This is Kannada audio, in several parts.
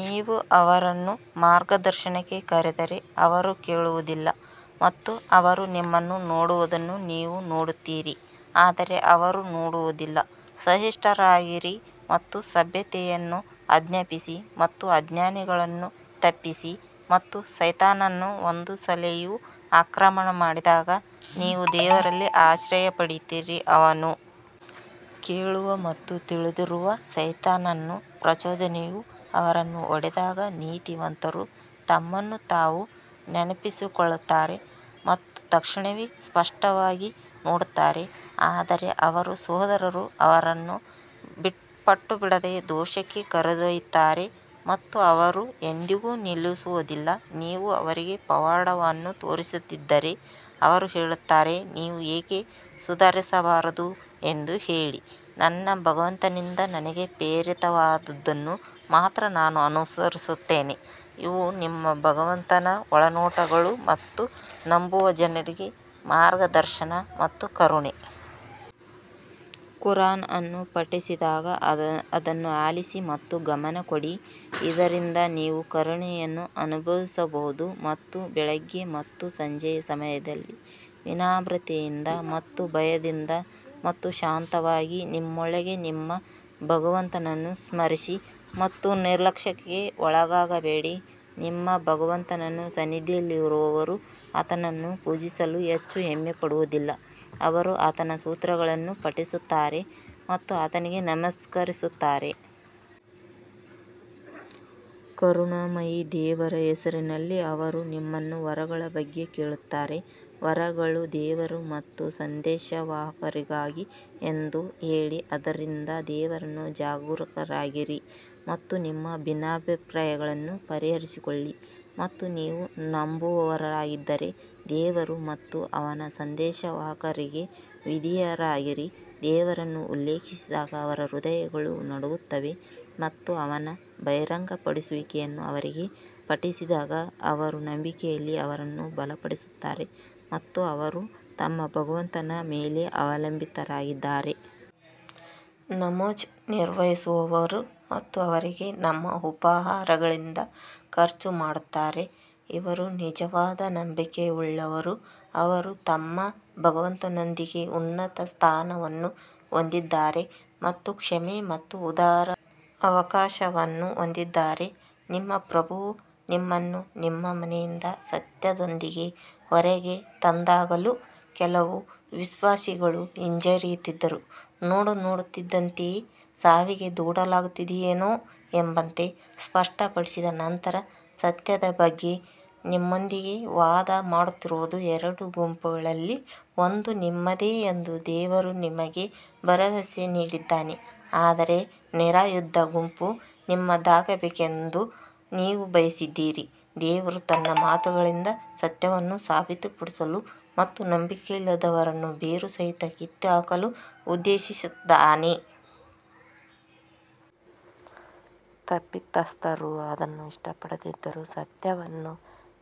ನೀವು ಅವರನ್ನು ಮಾರ್ಗದರ್ಶನಕ್ಕೆ ಕರೆದರೆ ಅವರು ಕೇಳುವುದಿಲ್ಲ ಮತ್ತು ಅವರು ನಿಮ್ಮನ್ನು ನೋಡುವುದನ್ನು ನೀವು ನೋಡುತ್ತೀರಿ ಆದರೆ ಅವರು ನೋಡುವುದಿಲ್ಲ ಸಹಿಷ್ಣುರಾಗಿರಿ ಮತ್ತು ಸಭ್ಯತೆಯನ್ನು ಆಜ್ಞಾಪಿಸಿ ಮತ್ತು ಅಜ್ಞಾನಿಗಳನ್ನು ತಪ್ಪಿಸಿ ಮತ್ತು ಸೈತಾನನ ಒಂದು ಸಲಹೆಯು ಆಕ್ರಮಣ ಮಾಡಿದಾಗ ನೀವು ದೇವರಲ್ಲಿ ಆಶ್ರಯ ಪಡೆಯುತ್ತೀರಿ ಅವನು ಕೇಳುವ ಮತ್ತು ತಿಳಿದಿರುವ ಸೈತಾನನ ಪ್ರಚೋದನೆಯು ಅವರನ್ನು ಹೊಡೆದಾಗ ನೀತಿವಂತರು ತಮ್ಮನ್ನು ತಾವು ನೆನಪಿಸಿಕೊಳ್ಳುತ್ತಾರೆ ಮತ್ತು ತಕ್ಷಣವೇ ಸ್ಪಷ್ಟವಾಗಿ ನೋಡುತ್ತಾರೆ ಆದರೆ ಅವರ ಸಹೋದರರು ಅವರನ್ನು ಪಟ್ಟುಬಿಡದೆ ದೋಷಕ್ಕೆ ಕರೆದೊಯ್ಯುತ್ತಾರೆ ಮತ್ತು ಅವರು ಎಂದಿಗೂ ನಿಲ್ಲಿಸುವುದಿಲ್ಲ ನೀವು ಅವರಿಗೆ ಪವಾಡವನ್ನು ತೋರಿಸದಿದ್ದರೆ ಅವರು ಹೇಳುತ್ತಾರೆ, ನೀವು ಏಕೆ ಸುಧಾರಿಸಬಾರದು ಎಂದು ಹೇಳಿ, ನನ್ನ ಭಗವಂತನಿಂದ ನನಗೆ ಪ್ರೇರಿತವಾದದ್ದನ್ನು ಮಾತ್ರ ನಾನು ಅನುಸರಿಸುತ್ತೇನೆ, ಇವು ನಿಮ್ಮ ಭಗವಂತನ ಒಳನೋಟಗಳು ಮತ್ತು ನಂಬುವ ಜನರಿಗೆ ಮಾರ್ಗದರ್ಶನ ಮತ್ತು ಕರುಣೆ. ಕುರಾನ್ ಅನ್ನು ಪಠಿಸಿದಾಗ ಅದನ್ನು ಆಲಿಸಿ ಮತ್ತು ಗಮನ ಕೊಡಿ ಇದರಿಂದ ನೀವು ಕರುಣೆಯನ್ನು ಅನುಭವಿಸಬಹುದು ಮತ್ತು ಬೆಳಿಗ್ಗೆ ಮತ್ತು ಸಂಜೆಯ ಸಮಯದಲ್ಲಿ ವಿನಮ್ರತೆಯಿಂದ ಮತ್ತು ಭಯದಿಂದ ಮತ್ತು ಶಾಂತವಾಗಿ ನಿಮ್ಮೊಳಗೆ ನಿಮ್ಮ ಭಗವಂತನನ್ನು ಸ್ಮರಿಸಿ ಮತ್ತು ನಿರ್ಲಕ್ಷ್ಯಕ್ಕೆ ಒಳಗಾಗಬೇಡಿ ನಿಮ್ಮ ಭಗವಂತನ ಸನ್ನಿಧಿಯಲ್ಲಿರುವವರು ಆತನನ್ನು ಪೂಜಿಸಲು ಹೆಚ್ಚು ಹೆಮ್ಮೆಪಡುವುದಿಲ್ಲ ಅವರು ಆತನ ಸ್ತೋತ್ರಗಳನ್ನು ಪಠಿಸುತ್ತಾರೆ ಮತ್ತು ಆತನಿಗೆ ನಮಸ್ಕರಿಸುತ್ತಾರೆ. ಕರುಣಾಮಯಿ ದೇವರ ಹೆಸರಿನಲ್ಲಿ ಅವರು ನಿಮ್ಮನ್ನು ವರಗಳ ಬಗ್ಗೆ ಕೇಳುತ್ತಾರೆ, ವರಗಳು ದೇವರು ಮತ್ತು ಸಂದೇಶವಾಹಕರಿಗಾಗಿ ಎಂದು ಹೇಳಿ ಆದ್ದರಿಂದ ದೇವರನ್ನು ಜಾಗರೂಕರಾಗಿರಿ ಮತ್ತು ನಿಮ್ಮ ಭಿನ್ನಾಭಿಪ್ರಾಯಗಳನ್ನು ಪರಿಹರಿಸಿಕೊಳ್ಳಿ ಮತ್ತು ನೀವು ನಂಬುವವರಾಗಿದ್ದರೆ ದೇವರು ಮತ್ತು ಅವನ ಸಂದೇಶವಾಹಕರಿಗೆ ವಿಧೇಯರಾಗಿರಿ. ದೇವರನ್ನು ಉಲ್ಲೇಖಿಸಿದಾಗ ಅವರ ಹೃದಯಗಳು ನಡುಗುತ್ತವೆ ಮತ್ತು ಅವನ ಬಹಿರಂಗಪಡಿಸುವಿಕೆಯನ್ನು ಅವರಿಗೆ ಪಠಿಸಿದಾಗ ಅವರು ನಂಬಿಕೆಯಲ್ಲಿ ಅವರನ್ನು ಬಲಪಡಿಸುತ್ತಾರೆ ಮತ್ತು ಅವರು ತಮ್ಮ ಭಗವಂತನ ಮೇಲೆ ಅವಲಂಬಿತರಾಗಿದ್ದಾರೆ. ನಮಾಝ್ ನಿರ್ವಹಿಸುವವರು ಮತ್ತು ಅವರಿಗೆ ನಮ್ಮ ಉಪಹಾರಗಳಿಂದ ಖರ್ಚು ಮಾಡುತ್ತಾರೆ ಇವರು ನಿಜವಾದ ನಂಬಿಕೆಯುಳ್ಳವರು, ಅವರು ತಮ್ಮ ಭಗವಂತನೊಂದಿಗೆ ಉನ್ನತ ಸ್ಥಾನವನ್ನು ಹೊಂದಿದ್ದಾರೆ ಮತ್ತು ಕ್ಷಮೆ ಮತ್ತು ಉದಾರವಾದ ಅವಕಾಶವನ್ನು ಹೊಂದಿದ್ದಾರೆ ನಿಮ್ಮ ಪ್ರಭುವು ನಿಮ್ಮನ್ನು ನಿಮ್ಮ ಮನೆಯಿಂದ ಸತ್ಯದೊಂದಿಗೆ ಹೊರಗೆ ತಂದಾಗಲೂ ಕೆಲವು ವಿಶ್ವಾಸಿಗಳು ಹಿಂಜರಿಯುತ್ತಿದ್ದರು ನೋಡನೋಡುತ್ತಿದ್ದಂತೆಯೇ ಸಾವಿಗೆ ದೂಡಲಾಗುತ್ತಿದೆಯೇನೋ ಎಂಬಂತೆ ಸ್ಪಷ್ಟ ಪಡಿಸಿದ ನಂತರ ಸತ್ಯದ ಬಗ್ಗೆ ನಿಮ್ಮೊಂದಿಗೆ ವಾದ ಮಾಡುತ್ತಿರುವುದು ಎರಡು ಗುಂಪುಗಳಲ್ಲಿ ಒಂದನ್ನು ನಿಮ್ಮದೇ ಎಂದು ದೇವರು ನಿಮಗೆ ಭರವಸೆ ನೀಡಿದ್ದಾನೆ ಆದರೆ ನಿರಾಯುಧ ಗುಂಪು ನಿಮ್ಮದಾಗಬೇಕೆಂದು ನೀವು ಬಯಸಿದ್ದೀರಿ, ದೇವರು ತನ್ನ ಮಾತುಗಳಿಂದ ಸತ್ಯವನ್ನು ಸಾಬೀತುಪಡಿಸಲು ಮತ್ತು ನಂಬಿಕೆಯಿಲ್ಲದವರನ್ನು ಬೇರುಸಹಿತ ಕಿತ್ತುಹಾಕಲು ಉದ್ದೇಶಿಸಿದ್ದಾನೆ. ತಪ್ಪಿತಸ್ಥರು ಅದನ್ನು ಇಷ್ಟಪಡದಿದ್ದರೂ ಸತ್ಯವನ್ನು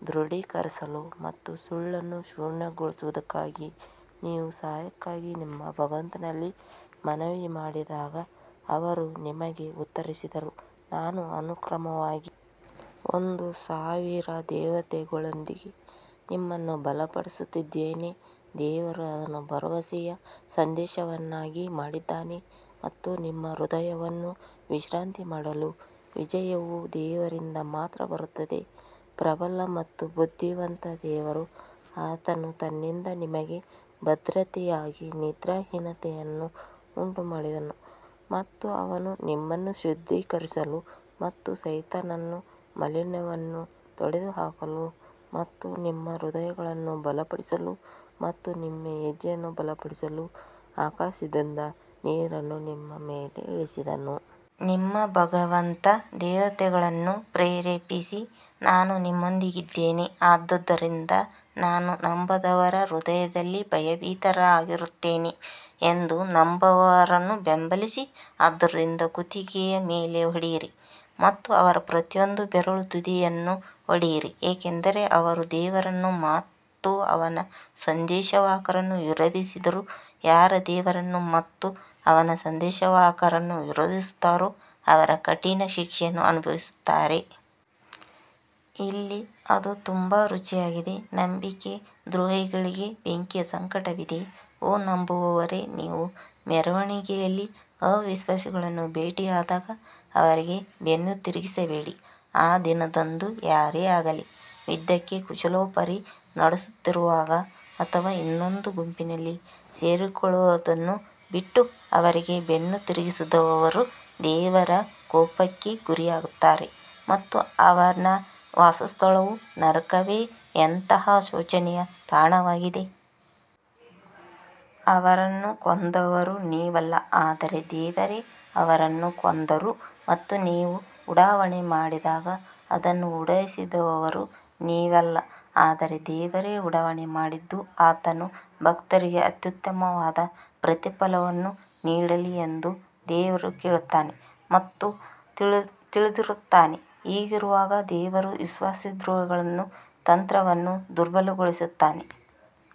ದೃಢೀಕರಿಸಲು ಮತ್ತು ಸುಳ್ಳನ್ನು ಶೂನ್ಯಗೊಳಿಸುವುದಕ್ಕಾಗಿ ನೀವು ಸಹಾಯಕ್ಕಾಗಿ ನಿಮ್ಮ ಭಗವಂತನಲ್ಲಿ ಮನವಿ ಮಾಡಿದಾಗ ಅವರು ನಿಮಗೆ ಉತ್ತರಿಸಿದರು ನಾನು ಅನುಕ್ರಮವಾಗಿ ಒಂದು ಸಾವಿರ ದೇವತೆಗಳೊಂದಿಗೆ ನಿಮ್ಮನ್ನು ಬಲಪಡಿಸುತ್ತಿದ್ದೇನೆ ದೇವರು ಅದನ್ನು ಭರವಸೆಯ ಸಂದೇಶವನ್ನಾಗಿ ಮಾಡಿದ್ದಾನೆ ಮತ್ತು ನಿಮ್ಮ ಹೃದಯವನ್ನು ವಿಶ್ರಾಂತಿ ಮಾಡಲು ವಿಜಯವು ದೇವರಿಂದ ಮಾತ್ರ ಬರುತ್ತದೆ ಪ್ರಬಲ ಮತ್ತು ಬುದ್ಧಿವಂತ ದೇವರು ಆತನು ತನ್ನಿಂದ ನಿಮಗೆ ಭದ್ರತೆಯಾಗಿ ನಿದ್ರಾಹೀನತೆಯನ್ನು ಉಂಟುಮಾಡಿದನು ಮತ್ತು ಅವನು ನಿಮ್ಮನ್ನು ಶುದ್ಧೀಕರಿಸಲು ಮತ್ತು ಸೈತಾನನ ಮಾಲಿನ್ಯವನ್ನು ತೊಡೆದುಹಾಕಲು ಮತ್ತು ನಿಮ್ಮ ಹೃದಯಗಳನ್ನು ಬಲಪಡಿಸಲು ಮತ್ತು ನಿಮ್ಮ ಹೆಜ್ಜೆಯನ್ನು ಬಲಪಡಿಸಲು ಆಕಾಶದಿಂದ ನೀರನ್ನು ನಿಮ್ಮ ಮೇಲೆ ಇಳಿಸಿದನು. ನಿಮ್ಮ ಭಗವಂತ ದೇವತೆಗಳನ್ನು ಪ್ರೇರೇಪಿಸಿ, ನಾನು ನಿಮ್ಮೊಂದಿಗಿದ್ದೇನೆ ಆದ್ದರಿಂದ ನಾನು ನಂಬದವರ ಹೃದಯದಲ್ಲಿ ಭಯಭೀತರಾಗುತ್ತೇನೆ ಎಂದು ನಂಬುವವರನ್ನು ಬೆಂಬಲಿಸಿ ಆದ್ದರಿಂದ ಕುತ್ತಿಗೆಯ ಮೇಲೆ ಹೊಡೆಯಿರಿ ಮತ್ತು ಅವರ ಪ್ರತಿಯೊಂದು ಬೆರಳ ತುದಿಯನ್ನು ಹೊಡೆಯಿರಿ ಏಕೆಂದರೆ ಅವರು ದೇವರನ್ನು ಮತ್ತು ಅವನ ಸಂದೇಶವಾಹಕರನ್ನು ವಿರೋಧಿಸಿದರು, ಯಾರು ದೇವರನ್ನು ಮತ್ತು ಅವನ ಸಂದೇಶವಾಹಕರನ್ನು ವಿರೋಧಿಸುತ್ತಾರೋ ಅವರು ಕಠಿಣ ಶಿಕ್ಷೆಯನ್ನು ಅನುಭವಿಸುತ್ತಾರೆ. ಇಲ್ಲಿ ಅದು ತುಂಬಾ ರುಚಿಯಾಗಿದೆ ನಂಬಿಕೆ ದ್ರೋಹಿಗಳಿಗೆ ಬೆಂಕಿಯ ಸಂಕಟವಿದೆ ಓ ನಂಬುವವರೇ ನೀವು ಮೆರವಣಿಗೆಯಲ್ಲಿ ಅವಿಶ್ವಾಸಿಗಳನ್ನು ಭೇಟಿಯಾದಾಗ ಅವರಿಗೆ ಬೆನ್ನು ತಿರುಗಿಸಬೇಡಿ ಆ ದಿನದಂದು ಯಾರೇ ಆಗಲಿ ಯುದ್ಧಕ್ಕೆ ಕುಶಲೋಪರಿ ನಡೆಸುತ್ತಿರುವಾಗ ಅಥವಾ ಇನ್ನೊಂದು ಗುಂಪಿನಲ್ಲಿ ಸೇರಿಕೊಳ್ಳುವುದನ್ನು ಬಿಟ್ಟು ಅವರಿಗೆ ಬೆನ್ನು ತಿರುಗಿಸಿದವರು ದೇವರ ಕೋಪಕ್ಕೆ ಗುರಿಯಾಗುತ್ತಾರೆ ಮತ್ತು ಅವನ ವಾಸಸ್ಥಳವು ನರಕವೇ ಎಂತಹ ಶೋಚನೀಯ ತಾಣವಾಗಿದೆ. ಅವರನ್ನು ಕೊಂದವರು ನೀವಲ್ಲ ಆದರೆ ದೇವರೇ ಅವರನ್ನು ಕೊಂದರು ಮತ್ತು ನೀವು ಉಡಾವಣೆ ಮಾಡಿದಾಗ ಅದನ್ನು ಉಡಾಯಿಸಿದವರು ನೀವಲ್ಲ ಆದರೆ ದೇವರೇ ಉಡಾವಣೆ ಮಾಡಿದ್ದು ಆತನು ಭಕ್ತರಿಗೆ ಅತ್ಯುತ್ತಮವಾದ ಪ್ರತಿಫಲವನ್ನು ನೀಡಲಿ ಎಂದು ದೇವರು ಕೇಳುತ್ತಾನೆ ಮತ್ತು ತಿಳಿದಿರುತ್ತಾನೆ ಹೀಗಿರುವಾಗ ದೇವರು ವಿಶ್ವಾಸದ್ರೋಹಿಗಳ ತಂತ್ರವನ್ನು ದುರ್ಬಲಗೊಳಿಸುತ್ತಾನೆ.